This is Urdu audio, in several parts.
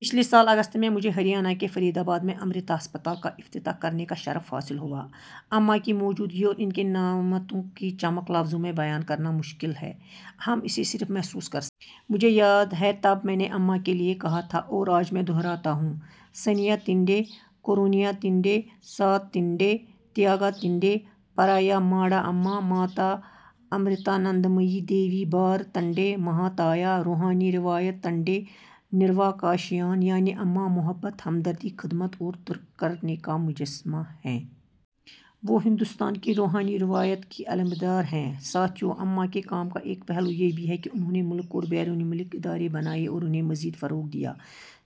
پچھلے سال اگست میں، مجھے ہریانہ کے فرید آباد، میں امرتا ہسپتال کا افتتاح کرنے کا شرف حاصل ہوا۔ امّاں کی موجودگی اور ان کی نعمتوں کی چمک لفظوں میں بیان کرنا مشکل ہے، ہم اسے صرف محسوس کر سکتے ہیں۔ مجھے یاد ہے تب میں نے امّاں کے لیے کہا تھا، اور آج میں دہراتا ہوں، سنیہ تِنڈے، کرونیاتِنڈے، سات تِنڈے، تیاگا تِنڈےپرایائے ماڑ اماں ، ماتا امرتانندمئی دیوی، بھار-تنڈے مہاتایا، روحانی روایت-تنڈے، نروا کاشیان، یعنی امّاں، محبت، ہمدردی، خدمت اور ترک کرنے کا مجسمہ ہیں۔ وہ ہندوستان کی روحانی روایت کی علمبردار ہیں۔ ساتھیو، اماں کے کام کا ایک پہلو یہ بھی ہے کہ انہوں نے ملک اور بیرون ملک ادارے بنائے اور انہیں مزید فروغ دیا۔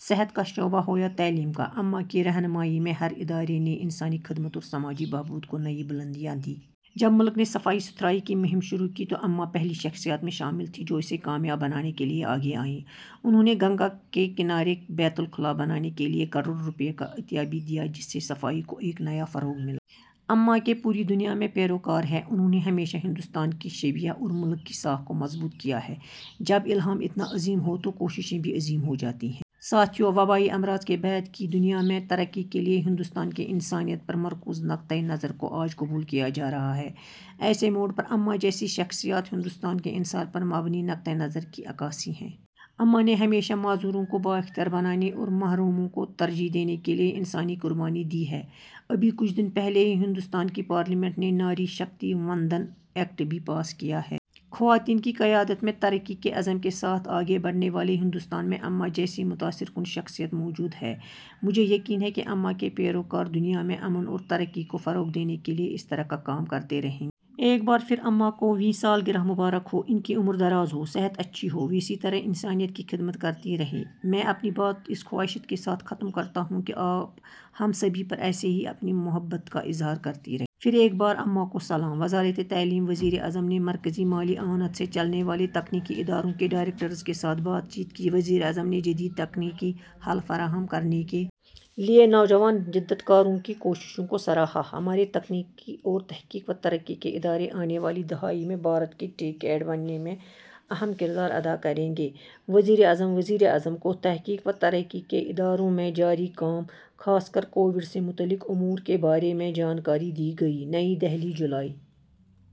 صحت کا شعبہ ہو یا تعلیم کا، اماں کی رہنمائی میں ہر ادارے نے انسانی خدمت اور سماجی بہبود کو نئی بلندیاں دیں۔ جب ملک نے صفائی ستھرائی کی مہم شروع کی تو امّاں پہلی شخصیات میں شامل تھیں جو اسے کامیاب بنانے کے لیے آگے آئیں۔ انہوں نے گنگا کے کنارے بیت الخلا بنانے کے لیے کروڑ روپے کا عطیہ بھی دیا، جس سے صفائی کو ایک نیا فروغ ملا۔ اماں کے پوری دنیا میں پیروکار ہیں اور انہوں نے ہمیشہ ہندوستان کی شبیہ اور ملک کی ساکھ کو مضبوط کیا ہے۔ جب الہام اتنا عظیم ہو تو کوششیں بھی عظیم ہو جاتی ہیں۔ ساتھیو، وبائی امراض کے بعد کی دنیا میں، ترقی کے لیے ہندوستان کے انسانیت پر مرکوز نقطہ نظر کو آج قبول کیا جا رہا ہے۔ ایسے موڑ پر، امّاں جیسی شخصیات ہندوستان کے انسان پر مبنی نقطہ نظر کی عکاس ہیں۔ اماں نے ہمیشہ معذوروں کو بااختیار بنانے اور محروموں کو ترجیح دینے کے لیے انسانی قربانی دی ہے۔ ابھی کچھ دن پہلے ہی ہندوستان کی پارلیمنٹ نے ناری شکتی وندن ایکٹ بھی پاس کیا ہے۔ خواتین کی قیادت میں ترقی کے عزم کے ساتھ آگے بڑھنے والے ہندوستان میں اماں جیسی متاثر کن شخصیت موجود ہے۔ مجھے یقین ہے کہ اماں کے پیروکار دنیا میں امن اور ترقی کو فروغ دینے کے لیے اسی طرح کا کام کرتے رہیں گے۔ ایک بار پھر، امّاں کو ویں سالگرہ مبارک ہو۔ ان کی عمر دراز ہو، صحت اچھی ہو، وہ اسی طرح انسانیت کی خدمت کرتی رہیں۔ میں اپنی بات اس خواہش کے ساتھ ختم کرتا ہوں کہ آپ ہم سبھی پر ایسے ہی اپنی محبت کا اظہار کرتی رہیں۔ پھر ایک بار. اماں کو سلام. وزارتِ تعلیم وزیر اعظم نےمرکزی مالی اعانت سے چلنے والےتکنیکی اداروں کے ڈائریکٹرز کے ساتھ بات چیت کی وزیر اعظم نے جدید تکنیکی حل فراہم کرنے کے لئے نوجوان جدت کاروں کی کوششوں کو سراہا ہمارےتکنیکی اور تحقیق و ترقی کے ادارے آنے والی دہائی میں'بھارت کے ٹیک ایڈ' بننے میں اہم کردار ادا کریں گے: وزیر اعظم وزیر اعظم کوتحقیق و ترقی کے اداروں میں جاری کام ،خاص کر کووڈ سے متعلق امورکے بارے میںجانکاری دی گئی نئی دہلی: ؍ جولائی،۔